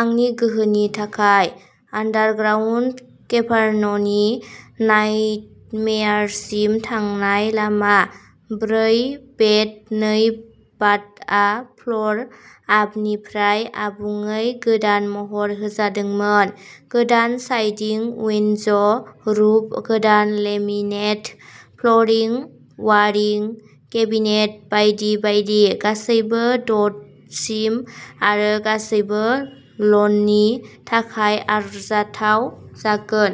आंनि गोहोनि थाखाय। आन्डारग्राउन्ड केभार्ननि नाइटमेयारसिम थांनाय लामा। ब्रै बेड नै बाथआ फ्लर आपनिफ्राय आबुङै गोदान महर होजादोंमोन। गोदान साइदिं, उइन्ड'ज, रुफ, गोदान लेमिनेट फ्लरिं, वायारिं, केबिनेट बायदि बायदि। गासैबो क'डसिम आरो गासैबो ल'ननि थाखाय आरजाथाव जागोन।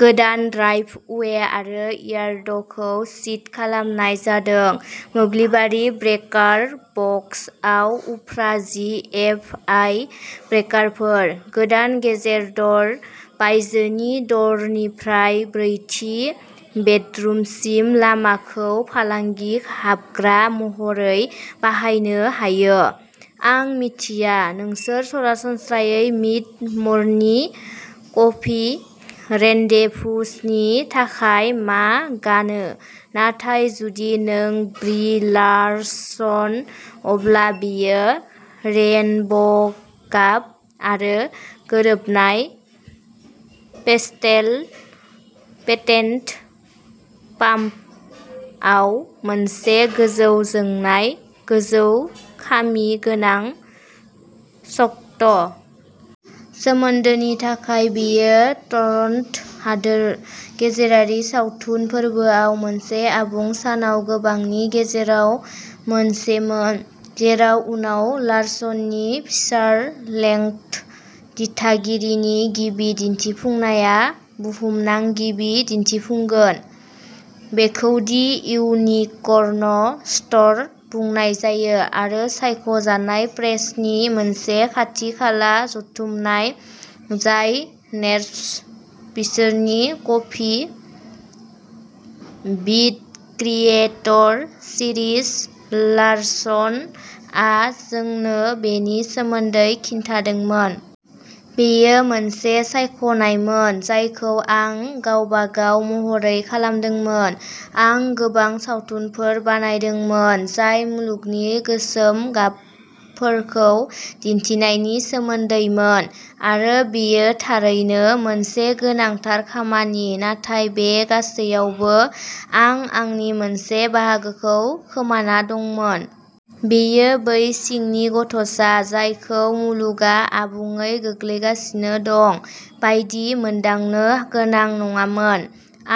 गोदान ड्राइभ वे आरो यार्डखौ सीद खालामनाय जादों। मोब्लिबारि ब्रेकार बक्सआव उफ्रा जि एप आइ ब्रेकारफोर। गोदान गेरेज द'र। बायजोनि द'रनिफ्राय ब्रैथि बेडरुमसिम लामाखौ फालांगि हाबग्रा महरै बाहायनो हायो। आं मिथिया नों सरासनस्रायै मिड-मर्निं कफि रेन्डेभुसनि थाखाय मा गानो, नाथाय जुदि नों ब्रि लार्सन, अब्ला बेयो रेइनब'गाब आरो गोरोबनाय पेस्टेल पेटेन्ट पाम्पआव मोनसे गोजौ-जोंनाय, गोजौ-खामि गोनां स्कार्ट। सोमोन्दोनि थाखाय, बेयो टरन्ट'हादोर गेजेरारि सावथुन फोरबोआव मोनसे आबुं सानाव गोबांनि गेजेराव मोनसेमोन, जेराव उनाव लार्सननि फिसार लेंथ दिथागिरिनि गिबि दिन्थिफुंनाया बुहुमनां गिबि दिन्थिफुंगोन। बेखौ दि इउनिकर्न स्ट'र बुंनाय जायो आरो सायख'जानाय प्रेसनि मोनसे खाथि-खाला जथुमनाय, जाय नेस्प बिसोरनि कफि विद क्रिएटर सिरिज, लारसन आ जोंनो बेनि सोमोन्दै खिन्थादोंमोन। "बेयो मोनसे सायख'नायमोन जायखौ आं गावबागाव महरै खालामदोंमोन। आं गोबां सावथुनफोर बानायदोंमोन जाय मुलुगनि गोसोम गाबफोरखौ दिन्थिनायनि सोमोन्दैमोन आरो बेयो थारैनो मोनसे गोनांथार खामानि, नाथाय बे गासैयावबो आं आंनि मोनसे बाहागोखौ खोमाना दंमोन। बेयो बै सिंनि गथ'सा जायखौ मुलुगआ आबुङै गोग्लैगासिनो दं बायदि मोनदांनो गोनां नङामोन।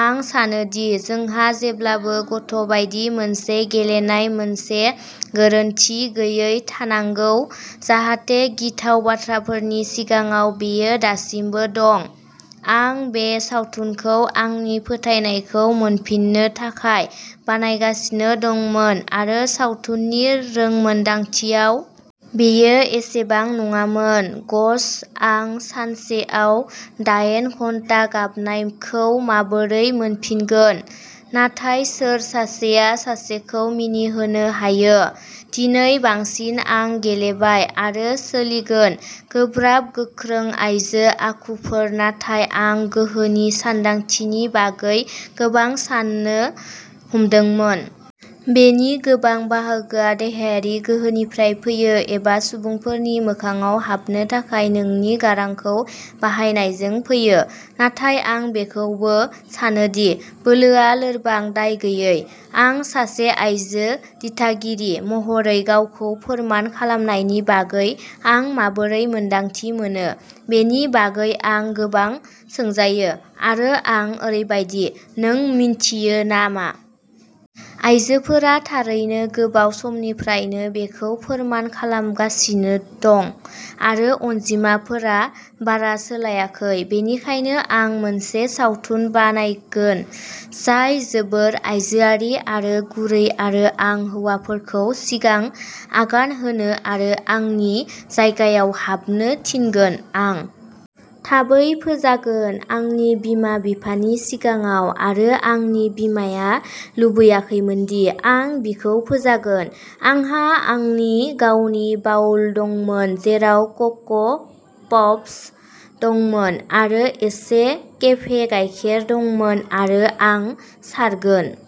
आं सानोदि जोंहा जेब्लाबो गथ'बायदि मोनसे गेलेनाय, मोनसे गोरोनथि गैयै थानांगौ, जाहाथे गिथाव बाथ्राफोरनि सिगाङाव, बेयो दासिमबो दं। आं बे सावथुनखौ आंनि फोथायनायखौ मोनफिननो थाखाय बानायगासिनो दंमोन आरो सावथुननि रोंमोनदांथियाव। बेयो एसेबां नङामोन गश, आं सानसेयाव दाइन घन्टा गाबनायखौ माबोरै मोनफिनगोन? नाथाय सोर सासेया सासेखौ मिनिहोनो हायो? दिनै बांसिन आं गेलेबाय आरो सोलिगोन, गोब्राब, गोख्रों आइजो आखुफोर नाथाय आं गोहोनि सानदांथिनि बागै गोबां साननो हमदोंमोन। बेनि गोबां बाहागोआ देहायारि गोहोनिफ्राय फैयो एबा सुबुंफोरनि मोखांआव हाबनो थाखाय नोंनि गारांखौ बाहायनायजों फैयो, नाथाय आं बेखौबो सानो दि बोलोआ लोरबां, दायगैयै। आं सासे आइजो दिथागिरि महरै गावखौ फोरमान खालामनायनि बागै आं माबोरै मोन्दांथि मोनो बेनि बागै आं गोबां सोंजायो, आरो आं ओरैबादि, नों मिन्थियो नामा? आइजोफोरा थारैनो गोबाव समनिफ्रायनो बेखौ फोरमान खालामगासिनो दं आरो अनजिमाफोरा बारा सोलायाखै। बेनिखायनो आं मोनसे सावथुन बानायगोन जाय जोबोद आइजोआरि आरो गुरै आरो आं हौवाफोरखौ सिगां आगान होनो आरो आंनि जायगायाव हाबनो थिनगोन। आं थाबै फोजागोन, आंनि बिमा-बिफानि सिगाङाव आरो आंनि बिमाया लुबैयाखैमोनदि आं बिखौ फोजागोन। आंहा आंनि गावनि बाउल दंमोन जेराव क'क' पप्स दंमोन, आरो एसे केफे गायखेर दंमोन आरो आं सारगोन।